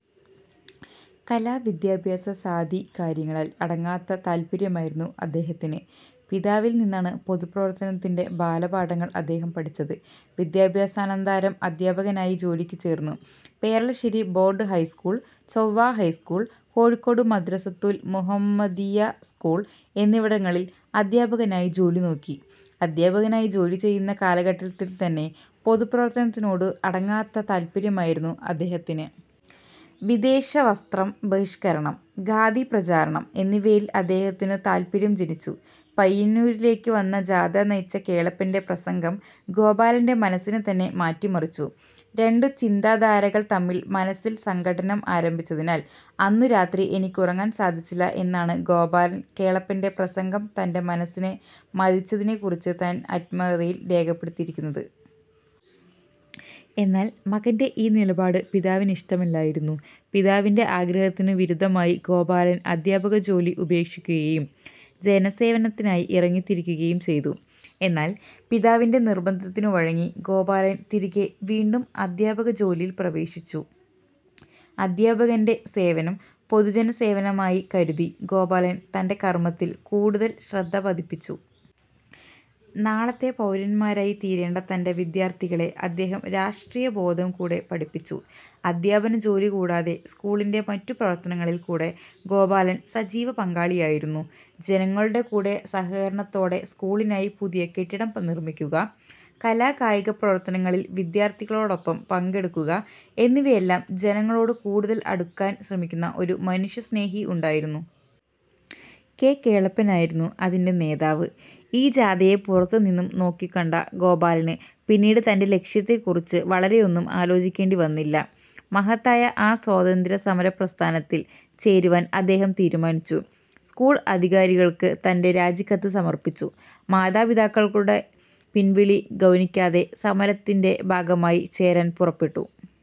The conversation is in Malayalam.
കല-വിദ്യാഭ്യാസാദി കാര്യങ്ങളിൽ അടങ്ങാത്ത താൽപര്യമായിരുന്നു അദ്ദേഹത്തിന്. പിതാവിൽ നിന്നാണ് പൊതുപ്രവർത്തനത്തിന്റെ ബാലപാഠങ്ങൾ അദ്ദേഹം പഠിച്ചത്. വിദ്യാഭ്യാസാനന്തരം അധ്യാപകനായി ജോലിക്കു ചേർന്നു. Peralassery board high school, Chovva high school, Kozhikode Madrasathul Muhammadiya school എന്നിവിടങ്ങളിൽ അധ്യാപകനായി ജോലി നോക്കി. അധ്യാപകനായി ജോലി ചെയ്യുന്ന കാലഘട്ടത്തിൽത്തന്നെ പൊതുപ്രവർത്തനത്തിനോടു അടങ്ങാത്ത താൽപര്യമായിരുന്നു അദ്ദേഹത്തിന്. വിദേശ വസ്ത്രം ബഹിഷ്കരണം, ഖാദി പ്രചാരണം, എന്നിവയിൽ അദ്ദേഹത്തിനു താൽപര്യം ജനിച്ചു. പയ്യന്നൂരിലേക്കു വന്ന ജാഥ നയിച്ച കേളപ്പന്റെ പ്രസംഗം ഗോപാലന്റെ മനസ്സിനെ തന്നെ മാറ്റിമറിച്ചു. രണ്ടു ചിന്താധാരകൾ തമ്മിൽ മനസ്സിൽ സംഘട്ടനം ആരംഭിച്ചതിനാൽ അന്നു രാത്രി എനിക്കുറങ്ങാൻ സാധിച്ചില്ല എന്നാണ് ഗോപാലൻ കേളപ്പന്റെ പ്രസംഗം തന്റെ മനസ്സിനെ മഥിച്ചതിനെക്കുറിച്ച് തൻ ആത്മകഥയിൽ രേഖപ്പെടുത്തിയിരിക്കുന്നത്. എന്നാൽ മകന്റെ ഈ നിലപാട് പിതാവിനിഷ്ടമില്ലായിരുന്നു. പിതാവിന്റെ ആഗ്രഹത്തിനു വിരുദ്ധമായി ഗോപാലൻ അധ്യാപകജോലി ഉപേക്ഷിക്കുകയും ജനസേവനത്തിനായി ഇറങ്ങിത്തിരിക്കുകയും ചെയ്തു. എന്നാൽ പിതാവിന്റെ നിർബന്ധത്തിനു വഴങ്ങി ഗോപാലൻ തിരികെ വീണ്ടും അധ്യാപക ജോലിയിൽ പ്രവേശിച്ചു. അധ്യാപകന്റെ സേവനം പൊതുജനസേവനമായി കരുതി ഗോപാലൻ തന്റെ കർമ്മത്തിൽ കൂടുതൽ ശ്രദ്ധപതിപ്പിച്ചു. നാളത്തെ പൗരന്മാരായി തീരേണ്ട തന്റെ വിദ്യാർത്ഥികളെ അദ്ദേഹം രാഷ്ട്രീയബോധം കൂടെ പഠിപ്പിച്ചു. അധ്യാപനജോലി കൂടാതെ സ്കൂളിന്റെ മറ്റു പ്രവർത്തനങ്ങളിൽ കൂടെ ഗോപാലൻ സജീവ പങ്കാളിയായിരുന്നു. ജനങ്ങളുടെ കൂടെ സഹകരണത്തോടെ സ്കൂളിനായി പുതിയ കെട്ടിടം നിർമ്മിക്കുക, കലാകായിക പ്രവർത്തനങ്ങളിൽ വിദ്യാർത്ഥികളോടൊപ്പം പങ്കെടുക്കുക എന്നിവയെല്ലാം ജനങ്ങളോട് കൂടുതൽ അടുക്കാൻ ശ്രമിക്കുന്ന ഒരു മനുഷ്യസ്നേഹി ഉണ്ടായിരുന്നു. കെ. കേളപ്പനായിരുന്നു അതിന്റെ നേതാവ്. ഈ ജാഥയെ പുറത്തു നിന്നും നോക്കിക്കണ്ട ഗോപാലന് പിന്നീട് തന്റെ ലക്ഷ്യത്തെക്കുറിച്ച് വളരെയൊന്നും ആലോചിക്കേണ്ടി വന്നില്ല. മഹത്തായ ആ സ്വാതന്ത്ര്യ സമരപ്രസ്ഥാനത്തിൽ ചേരുവാൻ അദ്ദേഹം തീരുമാനിച്ചു. സ്കൂൾ അധികാരികൾക്ക് തന്റെ രാജിക്കത്ത് സമർപ്പിച്ചു. മാതാപിതാക്കൾകുടെ പിൻവിളി ഗൗനിക്കാതെ സമരത്തിന്റെ ഭാഗമായി ചേരാൻ പുറപ്പെട്ടു.